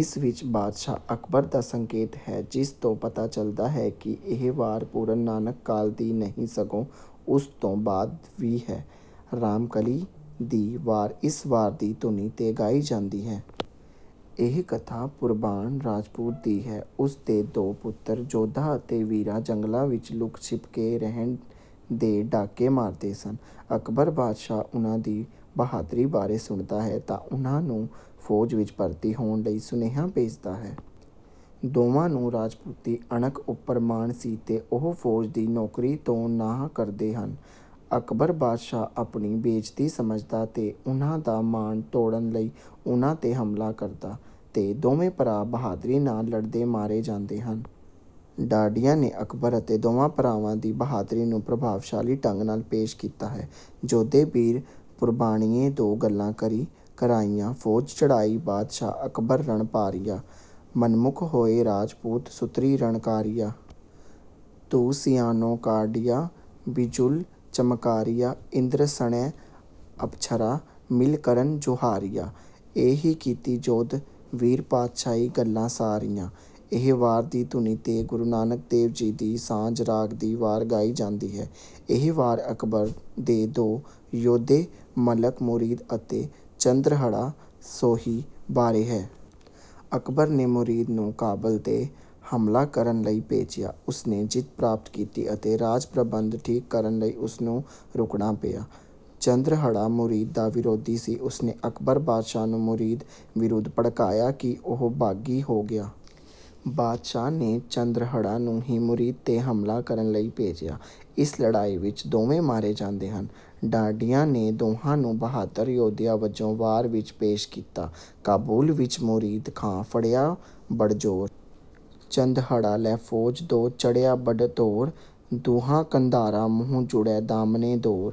ਇਸ ਵਿੱਚ ਬਾਦਸ਼ਾਹ ਅਕਬਰ ਦਾ ਸੰਕੇਤ ਹੈ ਜਿਸ ਤੋਂ ਪਤਾ ਚਲਦਾ ਹੈ ਕਿ ਇਹ ਵਾਰ ਪੂਰਵ ਨਾਨਕ ਕਾਲ ਦੀ ਨਹੀਂ ਸਗੋਂ ਉਸ ਤੋਂ ਬਾਅਦ ਵੀ ਹੈ। ਰਾਮਕਲੀ ਦੀ ਵਾਰ ਇਸ ਵਾਰ ਦੀ ਧੁਨੀ ਤੇ ਗਾਈ ਜਾਂਦੀ ਹੈ। ਇਹ ਕਥਾ ਪੂਰਬਾਣ ਰਾਜਪੂਤ ਦੀ ਹੈ। ਉਸ ਦੇ ਦੋ ਪੁੱਤਰ ਜੋਧਾ ਅਤੇ ਵੀਰਾ ਜੰਗਲਾ ਵਿੱਚ ਲੁੱਕ ਛਿਪ ਕੇ ਰਹਿੰਦੇ ਤੇ ਡਾਕੇ ਮਾਰਦੇ ਸਨ। ਅਕਬਰ ਬਾਦਸ਼ਾਹ ਉਹਨਾਂ ਦੀ ਬਹਾਦਰੀ ਬਾਰੇ ਸੁਣਦਾ ਹੈ ਤਾਂ ਉਹਨਾਂ ਨੂੰ ਫੌਜ਼ ਵਿੱਚ ਭਰਤੀ ਹੋਣ ਲਈ ਸੁਨੇਹਾ ਭੇਜਦਾ ਹੈ। ਦੋਵਾਂ ਨੂੰ ਰਾਜਪੂਤੀ ਅਣਖ ਉਪਰ ਮਾਣ ਸੀ ਤੇ ਉਹ ਫੌਜ਼ ਦੀ ਨੌਕਰੀ ਤੋਂ ਨਾਹ ਕਰਦੇ ਹਨ। ਅਕਬਰ ਬਾਦਸ਼ਾਹ ਆਪਣੀ ਬੇਇੱਜਤੀ ਸਮਝਦਾ ਤੇ ਉਹਨਾਂ ਦਾ ਮਾਣ ਤੋੜ੍ਹਨ ਲਈ ਉਹਨਾਂ ਤੇ ਹਮਲਾ ਕਰਦਾ, ਤੇ ਦੋਵੇ ਭਰਾ ਬਹਾਦਰੀ ਨਾਲ ਲੜ੍ਹਦੇ ਮਾਰੇ ਜਾਂਦੇ ਹਨ। ਢਾਡੀਆਂ ਨੇ ਅਕਬਰ ਅਤੇ ਦੋਵਾਂ ਭਰਾਵਾਂ ਦੀ ਬਹਾਦਰੀ ਨੂੰ ਪ੍ਰਭਾਵਸ਼ਾਲੀ ਢੰਗ ਨਾਲ ਪੇਸ਼ ਕੀਤਾ ਹੈ। ਜੋਧੇ ਬੀਰ ਪੂਰਬਾਣੀਏ ਦੋ ਗੱਲਾ ਕਰੀ ਕਰਾਰੀਆਂ, ਫੌਜ਼ ਚੜ੍ਹਾਈ ਬਾਦਸ਼ਾਹ ਅਕਬਰ ਰਣ ਭਾਰੀਆਂ। ਸਨਮੁੱਖ ਹੋਏ ਰਾਜਪੂਤ ਸੁਤਰੀ ਰਣ ਕਾਰੀਆਂ। ਧੂਹ ਮਿਆਨੋ ਕੱਢੀਆਂ ਬਿਜੁਲ ਚਮਕਾਰੀਆਂ ਇੰਦਰ ਸਣੇ ਅਪੱਛਰਾ ਮਿਲ ਕਰਨ ਜੁਹਾਰੀਆਂ। ਏ ਹੀ ਕੀਤੀ ਜੋਧ ਵੀਰ ਪਾਤਸ਼ਾਹੀ ਗੱਲਾ ਸਾਰੀਆਂ। ਇਹ ਵਾਰ ਦੀ ਧੁਨੀ ਤੇ ਗੁਰੂ ਨਾਨਕ ਦੇਵ ਜੀ ਦੀ ਸਾਝ ਰਾਗ ਦੀ ਵਾਰ ਗਾਈ ਜਾਂਦੀ ਹੈ, ਇਹ ਵਾਰ ਅਕਬਰ ਦੇ ਦੋ ਯੋਧੇ ਮਲਕ ਮੁਰੀਦ ਅਤੇ ਚੰਦਰਹੜ੍ਹਾ ਸੋਹੀ ਬਾਰੇ ਹੈ। ਅਕਬਰ ਨੇ ਮੁਰੀਦ ਨੂੰ ਕਾਬਲ ਤੇ ਹਮਲਾ ਕਰਨ ਲਈ ਭੇਜਿਆ। ਉਸਨੇ ਜਿੱਤ ਪ੍ਰਾਪਤ ਕੀਤੀ ਅਤੇ ਰਾਜ ਪ੍ਰਬੰਧ ਠੀਕ ਕਰਨ ਲਈ ਉਸਨੂੰ ਰੁਕਣਾ ਪਿਆ। ਚੰਦਰਹੜ੍ਹਾ ਮੁਰੀਦ ਦਾ ਵਿਰੋਧੀ ਸੀ ਉਸਨੇ ਅਕਬਰ ਬਾਦਸ਼ਾਹ ਨੂੰ ਮੁਰੀਦ ਵਿਰੁੱਧ ਭੜਕਾਇਆ ਕਿ ਉਹ ਬਾਗੀ ਹੋ ਗਿਆ। ਬਾਦਸ਼ਾਹ ਨੇ ਚੰਦਰਹੜ੍ਹਾ ਨੂੰ ਹੀ ਮੁਰੀਦ ਤੇ ਹਮਲਾ ਕਰਨ ਲਈ ਭੇਜਿਆ। ਇਸ ਲੜ੍ਹਾਈ ਵਿੱਚ ਦੋਵੇਂ ਮਾਰੇ ਜਾਂਦੇ ਹਨ। ਢਾਡੀਆਂ ਤੇ ਦੋਹਾਂ ਨੂੰ ਬਹਾਦਰ ਯੋਧਿਆ ਵਜੋਂ ਵਾਰ ਵਿੱਚ ਪੇਸ਼ ਕੀਤਾ। ਕਾਬੁਲ ਵਿੱਚ ਮੁਰੀਦ ਖਾਂ ਫੜ੍ਹਿਆ ਬੜ ਜ਼ੋਰ। ਚੰਦਹੜ੍ਹਾ ਲੈ ਫੌਜ ਦੋ ਚੜ੍ਹਿਆ ਬਡ ਤੋਰ। ਦੁਹਾ ਕੰਧਾਰਾਂ ਮੁਹ ਜੁੜ੍ਹੇ ਦਾਮਾਨੇ ਦੌਰ।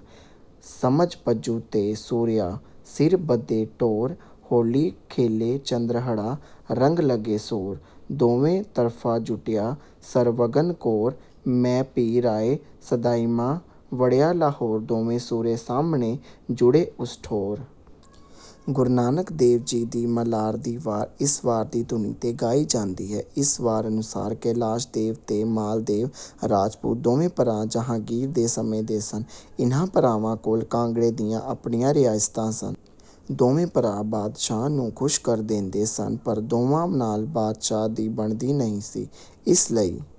ਸਮਝ ਪਜੂ ਤੇ ਸੂਰਿਆਂ ਸਿਰ ਬੱਧੇ ਟੌਰ। ਹੌਲੀ ਖੇਲੇ ਚੰਦਰਹੜ੍ਹਾ ਰੰਗ ਲਗੇ ਸੌਰ। ਦੋਵੇ ਤਰਫਾ ਜੁਟੀਆਂ ਸਰ ਵਗਨ ਕੌਰ। ਮੈਂ ਭੀ ਰਾਇ ਸਦਾਇਸਾ ਵੜ੍ਹਿਆ ਲਾਹੌਰ ਦੋਵੇ ਸੂਰੇ ਸਾਮਣੇ ਜੂੜੇ ਉਸ ਠੋਰ। ਗੁਰੂ ਨਾਨਕ ਦੇਵ ਜੀ ਦੀ ਮਲਾਰ ਦੀ ਵਾਰ ਇਸ ਵਾਰ ਦੀ ਧੁਨੀ ਤੇ ਗਾਈ ਜਾਂਦੀ ਹੈ। ਇਸ ਵਾਰ ਅਨੁਸਾਰ ਕੈਲਾਸ਼ ਦੇਵ ਤੇ ਮਾਲ ਦੇਵ ਰਾਜਪੂਤ ਦੋਵੇ ਭਰਾ ਜਹਾਂਗੀਰ ਦੇ ਸਮੇਂ ਦੇ ਸਨ। ਇਹਨਾਂ ਭਰਾਵਾਂ ਕੋਲ ਕਾਂਗੜ੍ਹੇ ਦੀਆਂ ਆਪਣੀਆਂ ਰਿਆਸਤਾਂ ਸਨ। ਦੋਵੇਂ ਭਰਾ ਬਾਦਸ਼ਾਹ ਨੂੰ ਖੁੱਸ਼ ਕਰ ਦਿੰਦੇ ਸਨ ਪਰ ਦੋਵਾਂ ਨਾਲ ਬਾਦਸ਼ਾਹ ਦੀ ਬਣਦੀ ਨਹੀਂ ਸੀ। ਇਸ ਲਈ